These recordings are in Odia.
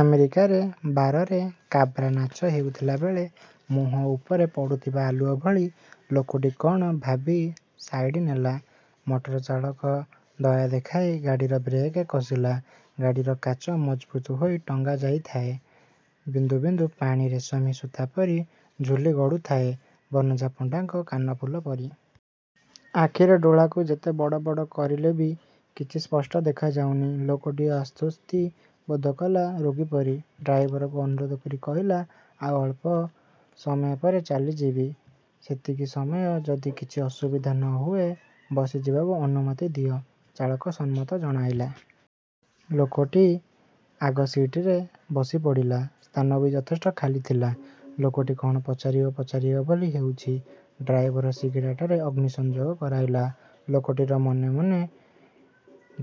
ଆମେରିକାରେ ବାରରେ କାବ୍ରା ନାଚ ହେଉଥିଲାବେଳେ ମୁହଁ ଉପରେ ପଡ଼ୁଥିବା ଆଲୁଅ ଭଳି। ଲୋକଟି କ'ଣ ଭାବି ସାଇଡ ନେଲା। ମଟର ଚାଳକ ଦୟାଦେଖାଇ ଗାଡ଼ିର ବ୍ରେକ କସିଲା। ଗାଡ଼ିର କାଚ ମଜଭୁତ ହୋଇ ଟଙ୍ଗାଯାଇଥାଏ। ବିନ୍ଦୁ ବିନ୍ଦୁ ପାଣି ରେଶମୀ ସୂତା ପରି ଝୁଲି ଗଡ଼ୁଥାଏ, ବନଜା ପଣ୍ଡାଙ୍କ କାନଫୁଲ ପରି। ଆଖିର ଡୋଳାକୁ ଯେତେ ବଡ଼ ବଡ଼ କରିଲେବି କିଛି ସ୍ପଷ୍ଟ ଦେଖାଯାଉନି। ଲୋକଟି ଆଶ୍ୱସ୍ତି ବୋଧକଲା ରୋଗୀପରି। ଡ୍ରାଇଭରକୁ ଅନୁରୋଧ କରି କହିଲା; 'ଆଉ ଅଳ୍ପ ସମୟ ପରେ ଚାଲିଯିବି। ସେତିକି ସମୟ ଯଦି କିଛି ଅସୁବିଧା ନହୁଏ। ବସିଯିବାକୁ ଅନୁମତି ଦିଅ। ଚାଳକ ସମ୍ମତ ଜଣାଇଲା। ଲୋକଟି ଆଗ ସିଟରେ ବସିପଡ଼ିଲା। ସ୍ଥାନ ବି ଯଥେଷ୍ଟ ଖାଲି ଥିଲା। ଲୋକଟି କ'ଣ ପଚାରିବ ପଚାରିବ ବୋଲି ହେଉଛି; ଡ୍ରାଇଭର ସିଗାରେଟରେ ଅଗ୍ନି ସଂଯୋଗ କରାଇଲା। ଲୋକଟିର ମନେହେଲା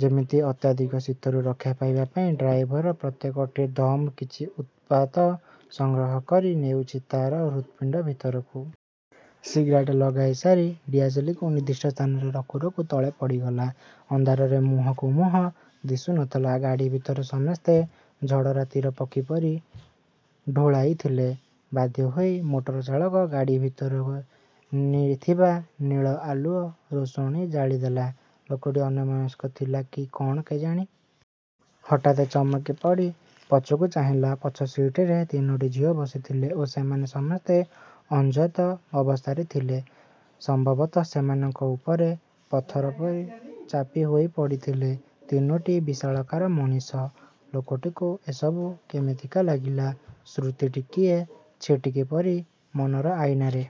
ଯେମିତି ଅତ୍ୟଧିକ ଶୀତରୁ ରକ୍ଷା ପାଇବା ପାଇଁ ଡ୍ରାଇଭର ପ୍ରତ୍ୟେକଟି ଦମରେ କିଛି ଉତ୍ତାପ ସଂଗ୍ରହ କରି ନେଉଛି ତା' ହୃତ୍ପିଣ୍ଡ ଭିତରକୁ। ସିଗାରେଟ ଲଗାଇ ସାରି ଡିଆସିଲିଟିକୁ ନିର୍ଦ୍ଦିଷ୍ଟ ସ୍ଥାନରେ ରଖୁରଖୁ ତଳେ ପଡ଼ିଗଲା। ଅନ୍ଧାରରେ ମୁହଁକୁ ମୁହଁ ଦିଶୁନଥିଲା। ଗାଡ଼ିଭିତରେ ସମସ୍ତେ ଝଡ଼ରାତିର ପକ୍ଷୀପରି ଢୁଳାଉଥିଲେ। ବାଧ୍ୟହୋଇ ମୋଟର ଚାଳକ ଗାଡ଼ି ଭିତରେ ଥିବା ନୀଳ ଆଲୁଅର ରୋଷଣି ଜାଳିଦେଲା। ଲୋକଟି ଅନ୍ୟମନସ୍କ ଥିଲା କି କ'ଣ କେଜାଣି। ହଠାତ୍ ଚମକି ପଡ଼ି ପଛକୁ ଚାହିଁଲା। ପଛ ସିଟରେ ତିନୋଟି ଝିଅ ବସିଥିଲେ ଓ ସେମାନେ ସମସ୍ତେ ଅସଂଯତ ଅବସ୍ଥାରେ ଥିଲେ। ସମ୍ଭବତଃ, ସେମାନଙ୍କ ଉପରେ ପଥରପରି ଚାପି ହୋଇ ପଡ଼ିଥିଲେ ତିନୋଟି ବିଶାଳକାୟ ମଣିଷ-। ଲୋକଟିକୁ ଏସବୁ କେମିତିକା ଲାଗିଲା। ସ୍ମୃତି ଟିକିଏ ଛିଟିକି ପଡ଼ିଲା ମନର ଆଇନାରେ।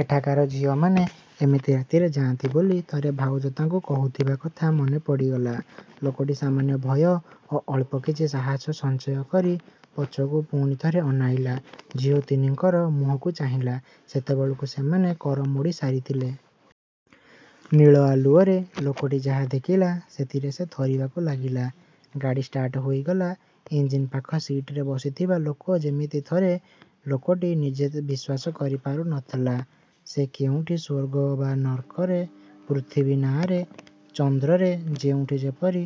ଏଠାକାର ଝିଅମାନେ ଏମିତି ରାତିରେ ଯାଆନ୍ତି ବୋଲି ଥରେ ଭାଉଜ ତାକୁ କହୁଥିବା କଥା ମନେ ପଡ଼ିଗଲା। ଲୋକଟି ସାମାନ୍ୟ ଭୟ ଓ ଅଳ୍ପ କିଛି ସାହାସ ସଞ୍ଚୟ କରି ପଛକୁ ପୁଣିଥରେ ଅନେଇଲା। ଝିଅ ତିନୋଟିଙ୍କ ମୁହଁକୁ ଚାହିଁଲା। ସେତେବେଳକୁ ସେମାନେ କରମୋଡ଼ି ସାରିଥିଲେ-। ନୀଳ ଆଲୁଅରେ ଲୋକଟି ଯାହା ଦେଖିଲା, ସେଥିରେ ସେ ଥରିବାକୁ ଲାଗିଲା। ଗାଡ଼ି ଷ୍ଟାର୍ଟ ହୋଇଗଲେ ଇଞ୍ଜିନ୍ ପାଖ ସିଟରେ ବସିଥିବା ଲୋକ ଯେମିତି ଥରେ। ଲୋକଟି ନିଜେ ବିଶ୍ୱାସ କରିପାରୁ ନଥିଲା ସେ କେଉଁଠି, ସ୍ୱର୍ଗ ନା ନର୍କରେ। ପୃଥିବୀ ନାଁ ଚନ୍ଦ୍ରରେ। ଯେଉଁମାନଙ୍କ କଥା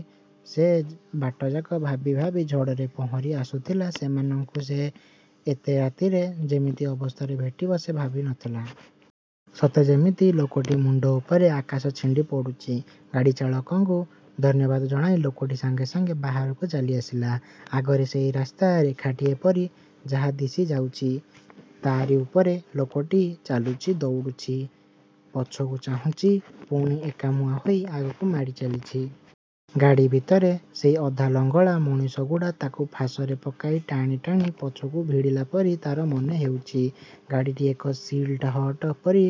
ସେ ବାଟଯାକ ଭାବିଭାବି ଝଡ଼ରେ ପହଁରି ଆସୁଥିଲା ସେମାନଙ୍କୁ ଯେ ସେ ଏତେ ରାତିରେ ଏମିତି ଅବସ୍ଥାରେ ଭେଟିବ, ସେ ଭାବି ନଥିଲା। ସତେ ଯେମିତି ଲୋକଟି ମୁଣ୍ଡ ଉପରେ ଆକାଶ ଛିଣ୍ଡି ପଡ଼ୁଛି। ଗାଡ଼ି ଚାଳକଙ୍କୁ ଧନ୍ୟବାଦ ଜଣାଇ ଲୋକଟି ସାଙ୍ଗେ ସାଙ୍ଗେ ବାହାରକୁ ଚାଲିଆସିଲା-। ଆଗରେ ସେଇ ରାସ୍ତା, ରେଖାଟିଏ ପରି ଯାହା ଦିଶିଯାଉଚି। ତା'ରି ଉପରେ ଲୋକଟି ଚାଲୁଛି, ଦଉଡ଼ୁଛି। ପଛକୁ ଚାହୁଁଚି। ପୁଣି ଏକମୁହାଁ ହୋଇ ଆଗକୁ ମାଡ଼ି ଚାଲିଛି। ଗାଡ଼ି ଭିତରର ସେଇ ଅଧା ଲଙ୍ଗଳା ମଣିଷଗୁଡ଼ା ତାକୁ ଫାଶରେ ପକାଇ ଟାଣି ଟାଣି ପଛକୁ ଭିଡ଼ିଲା ପରି ତା'ର ମନେ ହେଉଛି। ଗାଡ଼ିଟି ଏକ ସିଲ୍ହଟର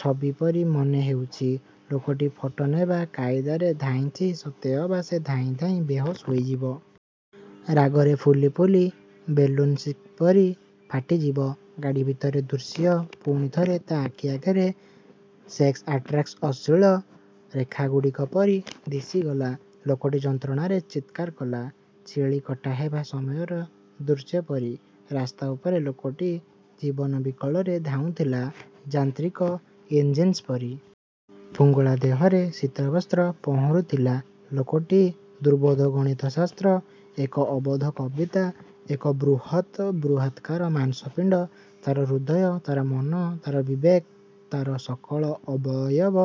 ଛବି ପରି ମନେ ହେଉଛି। ଲୋକଟି ଫଟୋ ନେବା କାଇଦାରେ ଧାଉଁଛି। ସତେ ଅବା ସେ ଧାଇଁ ଧାଇଁ ବେହୋସ ହୋଇଯିବ। ରାଗରେ ଫୁଲି ଫୁଲି ବେଲୁନ୍ପରି ଫାଟିଯିବ। ଗାଡ଼ି ଭିତରର ଦୃଶ୍ୟ ପୁଣିଥରେ ତା' ଆଖି ଆଗରେ ସେକ୍ସ୍ ଆଟ୍ଲାସ୍ର ଅଶ୍ଳୀଳ ରେଖାଗୁଡ଼ିକ ପରି ଦିଶିଗଲା। ଲୋକଟି ଯନ୍ତ୍ରଣାରେ ଚିତ୍କାର କଲା, ଛେଳି କଟା ହେବା ସମୟର ଦୃଶ୍ୟପରି। ରାସ୍ତା ଉପରେ ଲୋକଟି ଜୀବନ ବିକଳରେ ଧାଉଁଥିଲା, ଯାନ୍ତ୍ରିକ ଇଞ୍ଜିନ୍ପରି। ଫୁଙ୍ଗୁଳା ଦେହରେ ଶୀତରେ ପହଁରୁଥିଲା। ଲୋକଟି ଦୁର୍ବୋଧ୍ୟ ଗଣିତଶାସ୍ତ୍ର। ଏକ ଅବୋଧ କବିତା। ଏକ ବୃହତ୍ ବୃତ୍ତାକାର ମାଂସପିଣ୍ଡ। ତା'ର ହୃଦୟ, ତା'ର ମନ ତା'ର ବିବେକ, ତା'ର ସକଳ ଅବୟବ–ଏକ,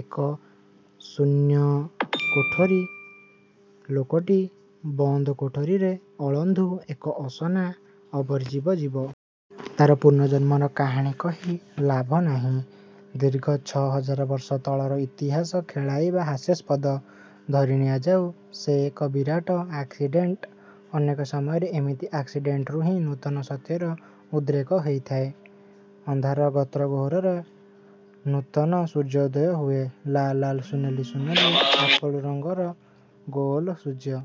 ଏକଶୂନ୍ୟ କୋଠରୀ! ଲୋକଟି ବନ୍ଦ କୋଟରୀର ଅଳନ୍ଧୁ। ଏକ ଅସନା ଅବର୍ଜିଆ ଜୀବ। ତା'ର ପୂର୍ବଜନ୍ମର କାହାଣୀ କହି ଲାଭ ନାହିଁ। ଦୀର୍ଘ ଛ' ହଜାର ବର୍ଷ ତଳର ଇତିହାସ ଖେଳାଇବା ହାସ୍ୟାସ୍ପଦ। ଧରି ନିଆଯାଉ ସେ ଏକ ବିରାଟ ଆକ୍ସିଡେଣ୍ଟ। ଅନେକ ସମୟରେ ଏମିତି ଆକ୍ସିଡେଣ୍ଟରୁହିଁ ନୂତନ ସତ୍ୟର ଉଦ୍ରେକ ହୋଇଥାଏ। ଅନ୍ଧାରର ଗର୍ତ୍ତ ଗହ୍ୱରରୁ ନୂତନ ସୂର୍ଯ୍ୟ ଉଦୟ ହୁଏ। ଲାଲ୍ ଲାଲ୍, ସୁନେଲୀ ସୁନେଲୀ ଆପଲ ରଙ୍ଗର ଗୋଲ ସୂର୍ଯ୍ୟ।